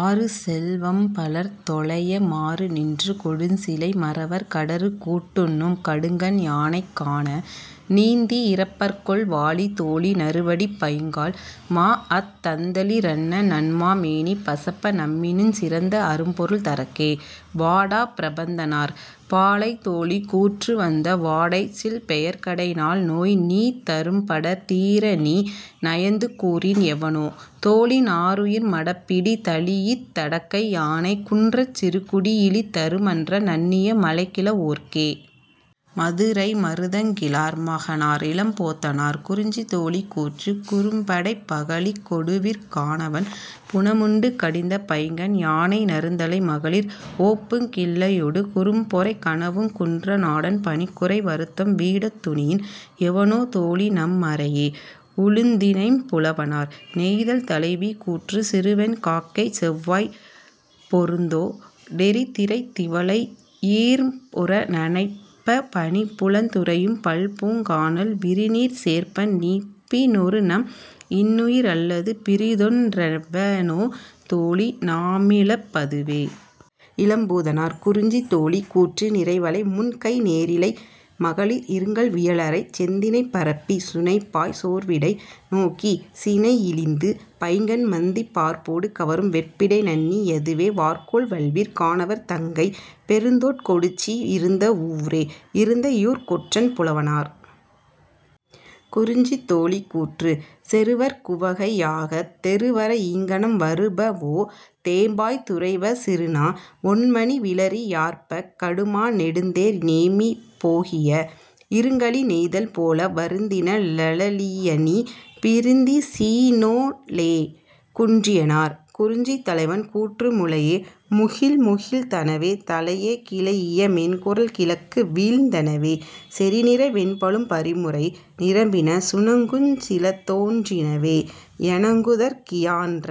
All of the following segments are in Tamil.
ஆறுசெல் வம்பலர் தொலைய மாறுநின்று கொடுஞ்சிலை மறவர் கடறுகூட் டுண்ணும் கடுங்கண் யானைக் கான நீந்தி இரப்பர்கொல் வாழி தோழி நறுவடிப் பைங்கால் மாஅத் தந்தளி ரன்ன நன்மா மேனி பசப்ப நம்மினுஞ் சிறந்த அரும்பொருள் தரற்கே. -வாடாப் பிரபந்தனார்.. பாலை தோழி கூற்று வந்த வாடைச் சில்பெயற் கடைநாள் நோய்நீந் தரும்படர் தீரநீ நயந்து கூறின் எவனோ தோழி நாறுயிர் மடப்பிடி தழீஇத் தடக்கை யானை குன்றச் சிறுகுடி யிழிதரு மன்ற நண்ணிய மலைகிழ வோற்கே. -மதுரை மருதங்கிழார் மகனார் இளம்போத்தனார்.. குறிஞ்சி தோழி கூற்று குறும்படைப் பகழிக் கொடுவிற் கானவன் புனமுண்டு கடிந்த பைங்கண் யானை நறுந்தழை மகளிர் ஓப்புங் கிள்ளையொடு குறும்பொறைக் கணவுங் குன்ற நாடன் பணிக்குறை வருத்தம் வீடத் துணியின் எவனோ தோழிநம் மறையே. -உழுந்தினைம்புலவனார்.. நெய்தல் தலைவி கூற்று சிறுவெண் காக்கைச் செவ்வாய்ப் பெருந்தோ டெறிதிரைத் திவலை யீர்ம்புற நனைப்பப் பனிபுலந் துறையும் பல்பூங் கானல் விரிநீர்ச் சேர்ப்பன் நீப்பி னொருநம் இன்னுயி ரல்லது பிறிதொன் றெவனோ தோழி நாமிழப் பதுவே. -இளம்பூதனார்.. குறிஞ்சி தோழி கூற்று நிரைவளை முன்கை நேரிழை மகளிர் இருங்கல் வியலறைச் செந்தினை பரப்பிச் சுனைபாய் சோர்விடை நோக்கிச் சினையிழிந்து பைங்கண் மந்தி பார்ப்போடு கவரும் வெற்பிடை நண்ணி யதுவே வார்கோல் வல்விற் கானவர் தங்கைப் பெருந்தோட் கொடிச்சி யிருந்த வூரே. -இருந்தையூர்க் கொற்றன் புலவனார்.. குறிஞ்சி தோழி கூற்று செறுவர்க் குவகை யாகத் தெறுவர ஈங்கனம் வருபவோ தேம்பாய் துறைவ சிறுநா வொண்மணி விளரி யார்ப்பக் கடுமா நெடுந்தேர் நேமி போகிய இருங்கழி நெய்தல் போல வருந்தின ளளியணீ பிரிந்திசி னோளே. -குன்றியனார்.. குறிஞ்சி தலைவன் கூற்று முலையே முகிழ்முகிழ்த் தனவே தலையே கிளைஇய மென்குரல் கிழக்கு வீழ்ந் தனவே செறிநிரை வெண்பலும் பறிமுறை நிரம்பின சுணங்குஞ் சிலதோன் றினவே யணங்குதற் கியான்ற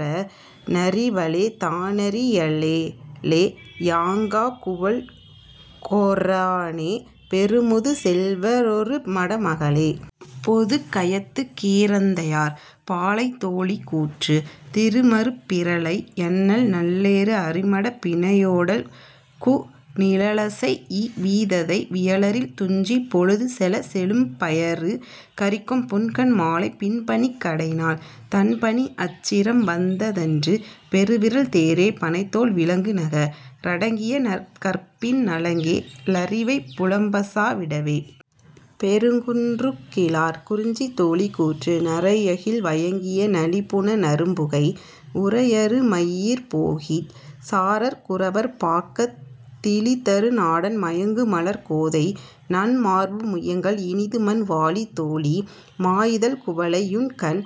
னறிவலே தானறி யலளே யாங்கா குவள்கொ றானே பெருமுது செல்வ ரொருமட மகளே. -பொதுக்கயத்துக் கீரந்தையார்.. பாலை தோழி கூற்று திரிமருப் பிரலை யண்ணல் நல்லேறு அரிமடப் பிணையோ டல்குநிழ லசைஇ வீததை வியலரில் துஞ்சிப் பொழுதுசெலச் செழும்பயறு கறிக்கும் புன்கண் மாலைப் பின்பனிக் கடைநாள் தண்பனி அச்சிரம் வந்தன்று பெருவிறல் தேரே பணைத்தோள் விளங்குநக ரடங்கிய கற்பின் நலங்கே ழரிவை புலம்பசா விடவே. -பெருங்குன்றூர்கிழார்.. குறிஞ்சி தோழி கூற்று நறையகில் வயங்கிய நளிபுன நறும்புகை உறையறு மையிற் போகிச் சாரற் குறவர் பாக்கத் திழிதரு நாடன் மயங்குமலர்க் கோதை நன்மார்பு முயங்கல் இனிதுமன் வாழி தோழி மாயிதழ்க் குவளை யுண்கண்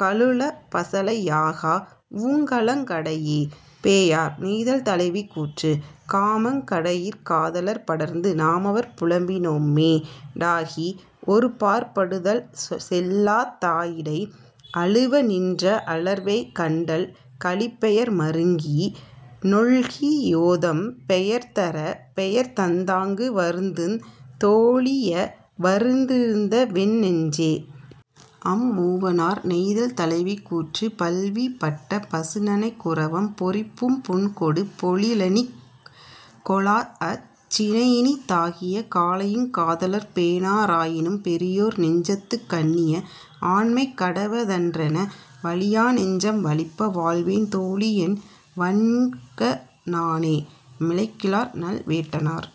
கலுழப் பசலை யாகா வூங்கலங் கடையே. -பேயார்.. நெய்தல் தலைவி கூற்று காமங் கடையிற் காதலர்ப் படர்ந்து நாமவர்ப் புலம்பி னம்மோ டாகி ஒருபாற் படுதல் செல்லா தாயிடை அழுவ நின்ற அலர்வேய் கண்டல் கழிபெயர் மருங்கி னொல்கி யோதம் பெயர்தரப் பெயர்தந் தாங்கு வருந்துந் தோழியவ ரிருந்தவென் நெஞ்சே. -அம்மூவனார்.. நெய்தல் தலைவி கூற்று பல்வீ பட்ட பசுநனைக் குரவம் பொரிப்பூம் புன்கொடு பொழிலணிக் கொளாஅச் சினையினி தாகிய காலையுங் காதலர் பேணா ராயினும் பெரியோர் நெஞ்சத்துக் கண்ணிய ஆண்மை கடவ தன்றென வலியா நெஞ்சம் வலிப்ப வாழ்வேன் தோழியென் வன்க ணானே. -மிளைகிழார் நல்வேட்டனார்..